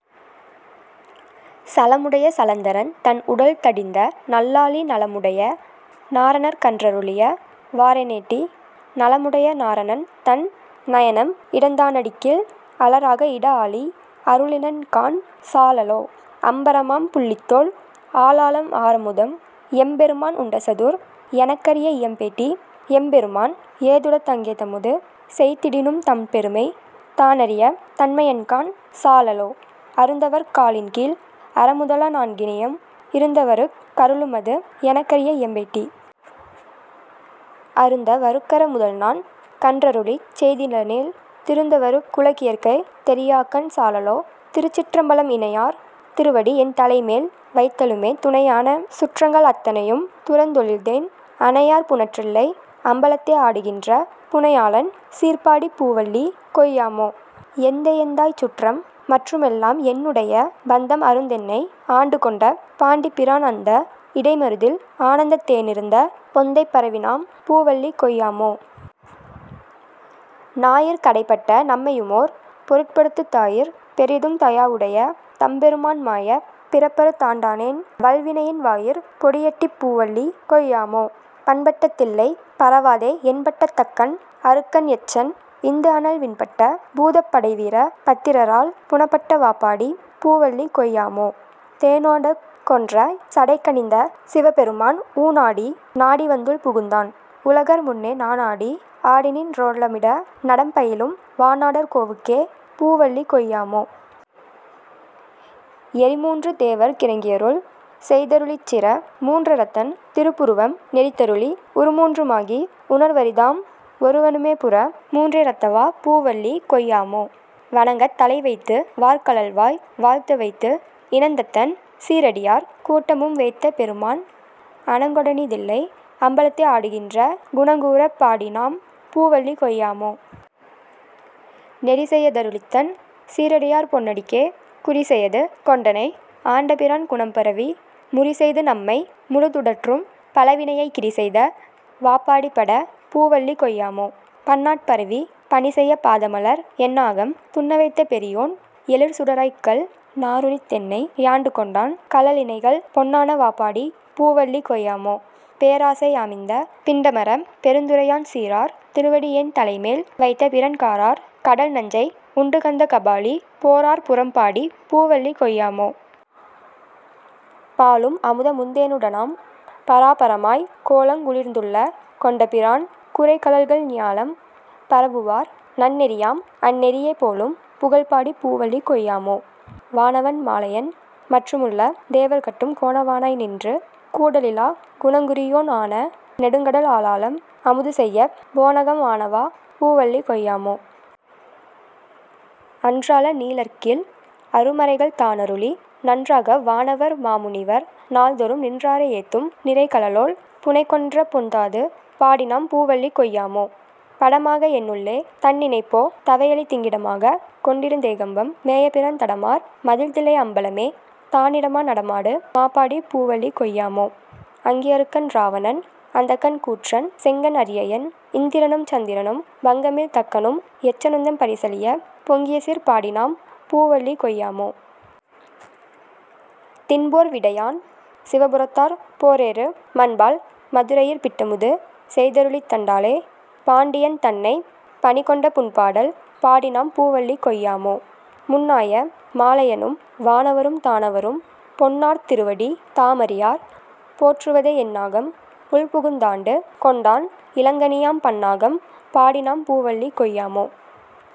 சலமுடைய சலந்தரன்தன் உடல்தடிந்த நல்லாழி நலமுடைய நாரணற்கன் றருளியவா றென்னேடீ? நலமுடைய நாரணன்தன் நயனம்இடந் தானடிக்கீழ் அலராக இடஆழி அருளினன்காண் சாழலோ. அம்பரமாம் புள்ளித்தோல் ஆலாலம் ஆரமுதம் எம்பெருமான் உண்டசதுர் எனக்கறிய இயம்பேடீ எம்பெருமான் ஏதுடுத்தங் கேதமுது செய்திடினும் தம்பெருமை தானறியாத் தன்மையன்காண் சாழலோ. அருந்தவருக் காலின்கீழ் அறமுதலா நான்கினையும் இருந்தவருக் கருளுமது எனக்கறிய இயம்பேடீ? அருந்தவருக் கறமுதல்நான் கன்றருளிச் செய்திலனேல் திருந்தவருக் குலகியற்கை தெரியாகாண் சாழலோ. திருச்சிற்றம்பலம் இணையார் திருவடி என்தலைமேல் வைத்தலுமே துணையான சுற்றங்கள் அத்தனையும் துறந்தொழிந்தேன் அணையார் புனற்றில்லை அம்பலத்தே ஆடுகின்ற புணையாளன் சீர்பாடிப் பூவல்லி கொய்யாமோ. எந்தையெந் தாய்சுற்றம் மற்றுமெல்லாம் என்னுடைய பந்தம் அறுந்தென்னை ஆண்டுகொண்ட பாண்டிப்பிரான் அந்த இடைமருதில் ஆனந்தத் தேனிருந்த பொந்தைப் பரவிநாம் பூவல்லி கொய்யாமோ. நாயிற் கடைப்பட்ட நம்மையுமோர் பொருட்படுத்துத் தாயிற் பெரிதுங் தயாவுடைய தம்பொருமான் மாயப் பிறப்பறுந் தாண்டானென் வல்வினையின் வாயிற் பொடியட்டிப் பூவல்லி கொய்யாமோ. பண்பட்ட தில்லைப் பரவாதே எண்பட்ட தக்கன் அருக்கன் எச்சன் இந்துஅனல் விண்பட்ட பூதப் படைவீர பத்திரரால் புணப்பட்ட வாபாடிப் பூவல்லி கொய்யாமோ. தேனாடு கொன்றை சடைக்கணிந்த சிவபெருமான் ஊனாடி நாடிவந் துள்புகுந்தான் உலகர்முன்னே நானாடி ஆடிநின் றோலமிட நடம்பயிலும் வானாடர் கோவுக்கே பூவல்லி கொய்யாமோ. எரிமூன்று தேவர்க் கிரங்கியருள் செய்தருளிச் சிரமூன் றறத்தன் திருப்புருவம் நெரித்தருளி உருமூன்று மாகி உணர்வரிதாம் ஒருவனுமே புரமூன் றெரத்தவா பூவல்லி கொய்யாமோ. வணங்கத் தலை வைத்து வார்கழல்வாய் வாழ்த்தவைத்து இணங்தத்தன் சீரடியார் கூட்டமும்வைத் தெம்பெருமான் அணங்கொடணிதில்லை அம்பலத்தே ஆடுகின்ற குணங் கூரப் பாடிநாம் பூவல்லி கொய்யாமோ. நெறிசெய் தருளித்தன் சீரடியார் பொன்னடிக்கே குறிசெயது கொண்டென்னை ஆண்டபிரான் குணம்பரவி முறிசெய்து நம்மை முழுதுடற்றும் பழவினையைக் கிறிசெய்த வாபாடிபட பூவல்லி கொய்யாமோ. பன்னாட் பரவிப் பணிசெய்யப் பாதமலர் என்ஆகம் துன்னவைத்த பெரியோன் எழிற்சுடராய்க் கல்நா ருரித்தென்னை யாண்டுகொண்டான் கழலிணைகள் பொன்னான வாபாடிப் பூவல்லி கொய்யாமோ. பேராசை யாமிந்தப் பிண்டமறப் பெருந்துறையான் சீரார் திருவடி யென் தலைமேல் வைத்தபிரான் காரார் கடல்நஞ்சை உண்டுகந்த காபாலி போரார் புறம்பாடிப் பூவல்லி கொய்யாமோ. பாலும் அமுதமுந் தேனுடனாம் பராபரமாய்க் கோலங் குளிர்ந்துள்ளங் கொண்டபிரான் குரைகழல்கள் ஞாலம் பரவுவார் நன்னெறியாம் அந்நெறியே போலும் புகழ்பாடிப் பூவல்லி கொய்யாமோ. வானவன் மாலயன் மற்றுமுள்ள தேவர்கட்கும் கோனவ னாய் நின்று கூடலிலாக் குணங்குறியோன் ஆன நெடுங்கடல் ஆலாலம் அமுதுசெய்யப் போனகம் ஆனவா பூவல்லி கொய்யாமோ. அன்றால நீழற்கீழ் அருமறைகள் தானருளி நன்றாக வானவர் மாமுனிவர் நாள்தோறும் நின்றார ஏத்தும் நிறைகழலோள் புனைகொன்றைப் பொன்தாது பாடிநாம் பூவல்லி கொய்யாமோ. படமாக என்னுள்ளே தன்னிணைப்போ தவையளித்திங் கிடமாகக் கொண்டிருந் தேகம்பம் மேயபிரான் தடமார் மதில்தில்லை அம்பலமே தானிடமா நடமாடு மாபாடிப் பூவல்லி கொய்யாமோ. அங்கி அருக்கன் இராவணன் அந்தகன் கூற்றன் செங்கண் அரிஅயன் இந்திரனுஞ் சந்திரனும் பங்கமில் தக்கனும் எச்சனுந்தம் பரிசழியப் பொங்கியசீர் பாடிநாம் பூவல்லி கொய்யாமோ. திண்போர் விடையான் சிவபுரத்தார் போரேறு மண்பால் மதுரையிற் பிட்டமுது செய்தருளித் தண்டாலே பாண்டியன் தன்னைப் பணிகொண்ட புண்பாடல் பாடிநாம் பூவல்லி கொய்யாமோ. முன்னாய மாலயனும் வானவரும் தானவரும் பொன்னார் திருவடி தாமறியார் போற்றுவதே என்னாகம் உள்புகுந் தாண்டு கொண்டான் இலங்கணியாம் பன்னாகம் பாடிநாம் பூவல்லி கொய்யாமோ.